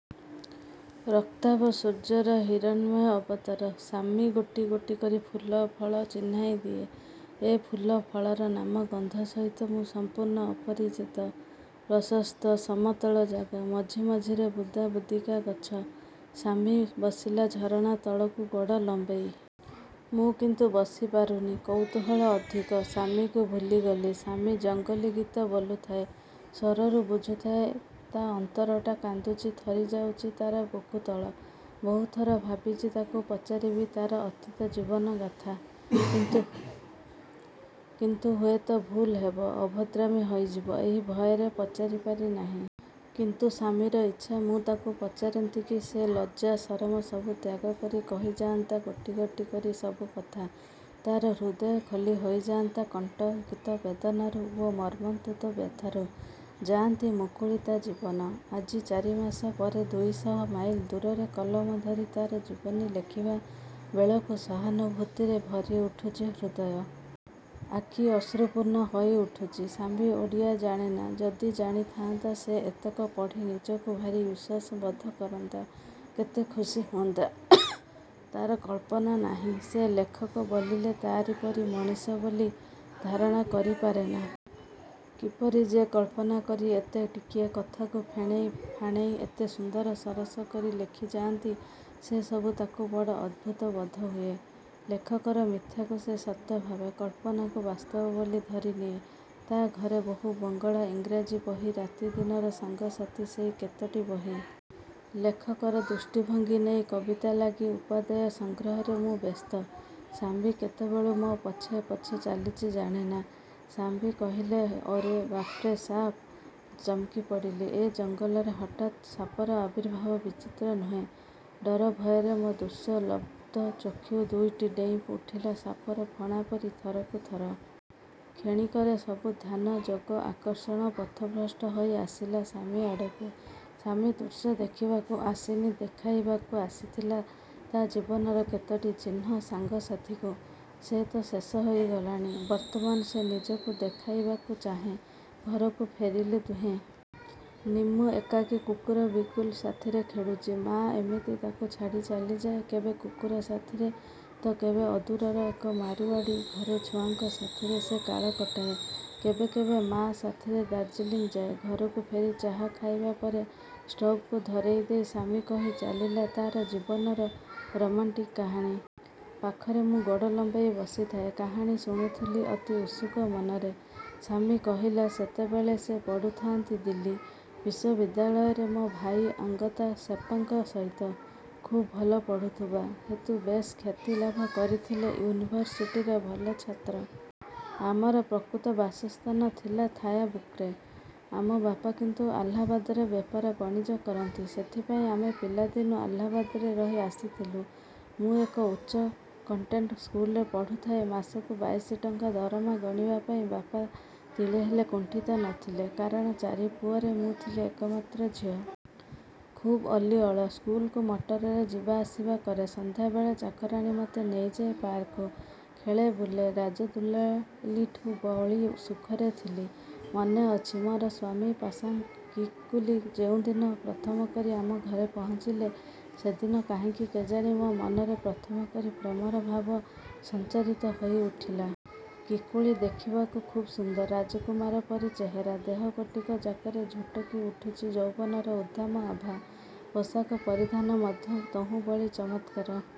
ରକ୍ତାଭ ସୂର୍ଯ୍ୟର ହିରଣ୍ମୟ ଅବତାର। ଶାମ୍ମି ଗୋଟି ଗୋଟି କରି ଫୁଲ ଫଳ ଚିହ୍ନେଇ ଦିଏ। ଏ ଫୁଲ ଫଳର ନାମ ଗନ୍ଧ ସହିତ ମୁଁ ସମ୍ପୂର୍ଣ୍ଣ ଅପରିଚିତ। ପ୍ରଶସ୍ତ ସମତଳ ଜାଗା। ମଝି ମଝିରେ ବୁଦାବୁଦିକା ଗଛ। ଶାମ୍ମି ବସିଲା ଝରଣା ତଳକୁ ଗୋଡ଼ ଲମ୍ବେଇ। ମୁଁ କିନ୍ତୁ ବସି ପାରୁନି। କୌତୁହଳ ଅଧିକ। ଶାମ୍ମିକୁ ଭୁଲିଗଲି। ଶାମ୍ମି ଜଙ୍ଗଲି ଗୀତ ବୋଲୁଥାଏ। ସ୍ୱରରୁ ବୁଝୁଥାଏ ତା ଅନ୍ତରଟା କାନ୍ଦୁଚି ଥରି ଯାଉଚି ତାର ବୁକୁତଳ। ବହୁଥର ଭାବିଚି ତାକୁ ପଚାରିବି ତାର ଅତୀତ ଜୀବନ ଗାଥା। କିନ୍ତୁ କିନ୍ତୁ ହୁଏତ ଭୁଲ ହେବ, ଅଭଦ୍ରାମି ହୋଇଯିବ, ଏଇ ଭୟରେ ପଚାରି ପାରି ନାହିଁ। କିନ୍ତୁ ଶାମ୍ମିର ଇଚ୍ଛା ମୁଁ ତାକୁ ପଚାରନ୍ତିକି ସେ ଲଜ୍ଜା ସରମ ସବୁ ତ୍ୟାଗ କରି କହିଯାଆନ୍ତା ଗୋଟି ଗୋଟି କରି ସବୁକଥା। ତାର ହୃଦୟ ଖୋଲି ହୋଇଯାଆନ୍ତା କଣ୍ଟକିତ ବେଦନାରୁ ଓ ମର୍ମନ୍ତୁଦ ବ୍ୟଥାରୁ। ଯାଆନ୍ତି ମୁକୁଳି ତା ଜୀବନ। ଆଜି ଚାରିମାସ ପରେ ଦୁଇ ଶହ ମାଇଲ ଦୂରରେ କଲମ ଧରି ତାର ଜୀବନୀ ଲେଖିବା ବେଳକୁ ସହାନୁଭୂତିରେ ଭରି ଉଠୁଛି ହୃଦୟ। ଆଖି ଅଶ୍ରୁପୂର୍ଣ୍ଣ ହୋଇ ଉଠୁଛି। ଶାମ୍ମି ଓଡ଼ିଆ ଜାଣେନା। ଯଦି ଜାଣିଥାଆନ୍ତା ସେ ଏତକ ପଢ଼ି ନିଜକୁ ଭାରି ଉଶ୍ୱାସ ବୋଧ କରନ୍ତା କେତେ ଖୁସି ହୁଅନ୍ତା ତାର କଳ୍ପନା ନାହିଁ। ସେ ଲେଖକ ବୋଲିଲେ ତାରି ପରି ମଣିଷ ବୋଲି ଧାରଣା କରି ପାରେନା। କିପରି ଯେ କଳ୍ପନା କରି ଏତେ ଟିକିଏ କଥାକୁ ଫେଣେଇ ଫାଣେଇ ଏତେ ସୁନ୍ଦର ସରସ କରି ଲେଖିଯାଆନ୍ତି ସେ ସବୁ ତାକୁ ବଡ଼ ଅଦ୍ଭୁତ ବୋଧହୁଏ! ଲେଖକର ମିଥ୍ୟାକୁ ସେ ସତ୍ୟ ଭାବେ, କଳ୍ପନାକୁ ବାସ୍ତବ ବୋଲି ଧରିନିଏ। ତା ଘରେ ବହୁ ବଙ୍ଗଳା ଇଂରାଜୀ ବହି ରାତି ଦିନର ସାଙ୍ଗ ସାଥୀ ସେଇ କେତୋଟି ବହି। ଲେଖକର ଦୃଷ୍ଟି ଭଙ୍ଗି ନେଇ କବିତା ଲାଗି ଉପାଦେୟ ସଂଗ୍ରହରେ ମୁଁ ବ୍ୟସ୍ତ। ଶାମ୍ମି କେତେବେଳୁ ମୋ ପଛେ ପଛେ ଚାଲିଚି ଜାଣେନା! ଶାମ୍ମି କହିଲା ଓରେ! ବାପ୍ରେ ସାପ୍। ଚମକି ପଡ଼ିଲି! ଏ ଜଙ୍ଗଲରେ ହଠାତ୍ ସାପର ଆବିର୍ଭାବ ବିଚିତ୍ର ନୁହେଁ! ଡରଭୟରେ ମୋ ଦୃଶ୍ୟ ଲବ୍ଧଚକ୍ଷୁ ଦୁଇଟି ଡେଇଁ ଉଠିଲା ସାପର ଫଣା ପରି ଥରକୁ ଥର। କ୍ଷଣିକରେ ସବୁ ଧ୍ୟାନ, ଯୋଗ, ଆକର୍ଷଣ ପଥଭ୍ରଷ୍ଟ ହୋଇ ଆସିଲା ଶାମ୍ମି ଆଡ଼କୁ। ଶାମ୍ମି ଦୃଶ୍ୟ ଦେଖିବାକୁ ଆସିନି ଦେଖାଇବାକୁ ଆସିଥିଲା ତା ଜୀବନରେ କେତୋଟି ଚିହ୍ନ ସାଙ୍ଗ ସାଥିଙ୍କୁ। ସେ ତ ଶେଷ ହୋଇଗଲାଣି। ବର୍ତ୍ତମାନ ସେ ନିଜକୁ ଦେଖାଇବାକୁ ଚାହେଁ। ଘରକୁ ଫେରିଲୁ ଦୁହେଁ। ନିମ୍ମୁ ଏକାକୀ କୁକୁର ବିଗୁଲ୍ ସାଥିରେ ଖେଳୁଚି। ମାଆ ଏମିତି ତାକୁ ଛାଡ଼ି ଚାଲିଯାଏ କେବେ କୁକୁର ସାଥିରେ ତ କେବେ ଅଦୂରର ଏକ ମାରୁଆଡ଼ୀ ଘର ଛୁଆଙ୍କ ସାଥିରେ ସେ କାଳ କଟାଏ। କେବେ କେବେ ମାଆ ସାଥିରେ ଦାର୍ଜିଲିଂ ଯାଏ। ଘରକୁ ଫେରି ଚାହା ଖାଇବା ପରେ ଷ୍ଟୋଭକୁ ଧରେଇ ଦେଇ ଶାମ୍ମି କହି ଚାଲିଲା ତାର ଜୀବନର ରୋମାଣ୍ଟିକ୍ କାହାଣୀ। ପାଖରେ ମୁଁ ଗୋଡ଼ ଲମ୍ବେଇ ବସିଥାଏ। କାହାଣୀ ଶୁଣୁଥିଲି ଅତି ଉତ୍ସୁକ ମନରେ। ଶାମ୍ମି କହିଲା, "ସେତେବେଳେ ସେ ପଡ଼ୁଥାଆନ୍ତି ଦିଲ୍ଲୀ ବିଶ୍ୱବିଦ୍ୟାଳୟରେ ମୋ ଭାଇ ଆଙ୍ଗତା ସେପ୍ପାଙ୍କ ସହିତ। ଖୁବ୍ ଭଲ ପଢ଼ୁଥିବା। ହେତୁ ବେଶ୍ ଖ୍ୟାତି ଲାଭ କରିଥିଲେ ୟୁନିଭରସିଟିର ଭଲ ଛାତ୍ର। ଆମର ପ୍ରକୃତ ବାସସ୍ଥାନ ଥିଲା ଥୟାଁବୁକ୍ରେ। ଆମ ବାପା କିନ୍ତୁ ଆଲାହାବାଦରେ ବେପାର ବଣିଜ କରନ୍ତି। ସେଥିପାଇଁ ଆମେ ପିଲାଦିନୁ ଆଲାହାବାଦରେ ରହି ଆସିଥିଲୁ। ମୁଁ ଏକ ଉଚ୍ଚ କନ୍ଭେଣ୍ଟ ସ୍କୁଲରେ ପଢ଼ୁଥାଏ। ମାସକୁ ବାଇଶି ଟଙ୍କା ଦରମା ଗଣିବା ପାଇଁ ବାପା ତିଳେ ହେଲେ କୁଣ୍ଠିତ ନ ଥିଲେ; କାରଣ ଚାରି ପୁଅରେ ମୁଁ ଥିଲି ଏକମାତ୍ର ଝିଅ। ଖୁବ୍ ଅଳିଅଳ। ସ୍କୁଲକୁ ମଟରରେ ଯିବାଆସିବା କରେ। ସନ୍ଧ୍ୟାବେଳେ ଚାକରାଣୀ ମତେ ନେଇଯାଏ ପାର୍କକୁ। ଖେଳେ, ବୁଲେ; ରାଜଦୁଳାଲୀଠୁ ବଳି ସୁଖରେ ଥିଲି। ମନେ ଅଛି, ମୋର ସ୍ୱାମୀ ପାସାଙ୍ଗ କିକୁଲି ଯେଉଁଦିନ ପ୍ରଥମ କରି ଆମ ଘରେ ପହଞ୍ଚିଲେ ସେ ଦିନ କାହିଁକି କେଜାଣି ମୋ ମନରେ ପ୍ରଥମେ କରି ପ୍ରେମର ଭାବ ସଞ୍ଚାରିତ ହୋଇ ଉଠିଲା। କିକୁଲି ଦେଖିବାକୁ ଖୁବ୍ ସୁନ୍ଦର। ରାଜକୁମାର ପରି ଚେହେରା। ଦେହ ଗୋଟିକ ଯାକରେ ଝୁଟକି ଉଠୁଚି ଯୌବନର ଉଦ୍ଦାମ ଆଭା। ପୋଷାକ ପରିଧାନ ମଧ୍ୟ ତହୁଁ ବଳି ଚମତ୍କାର।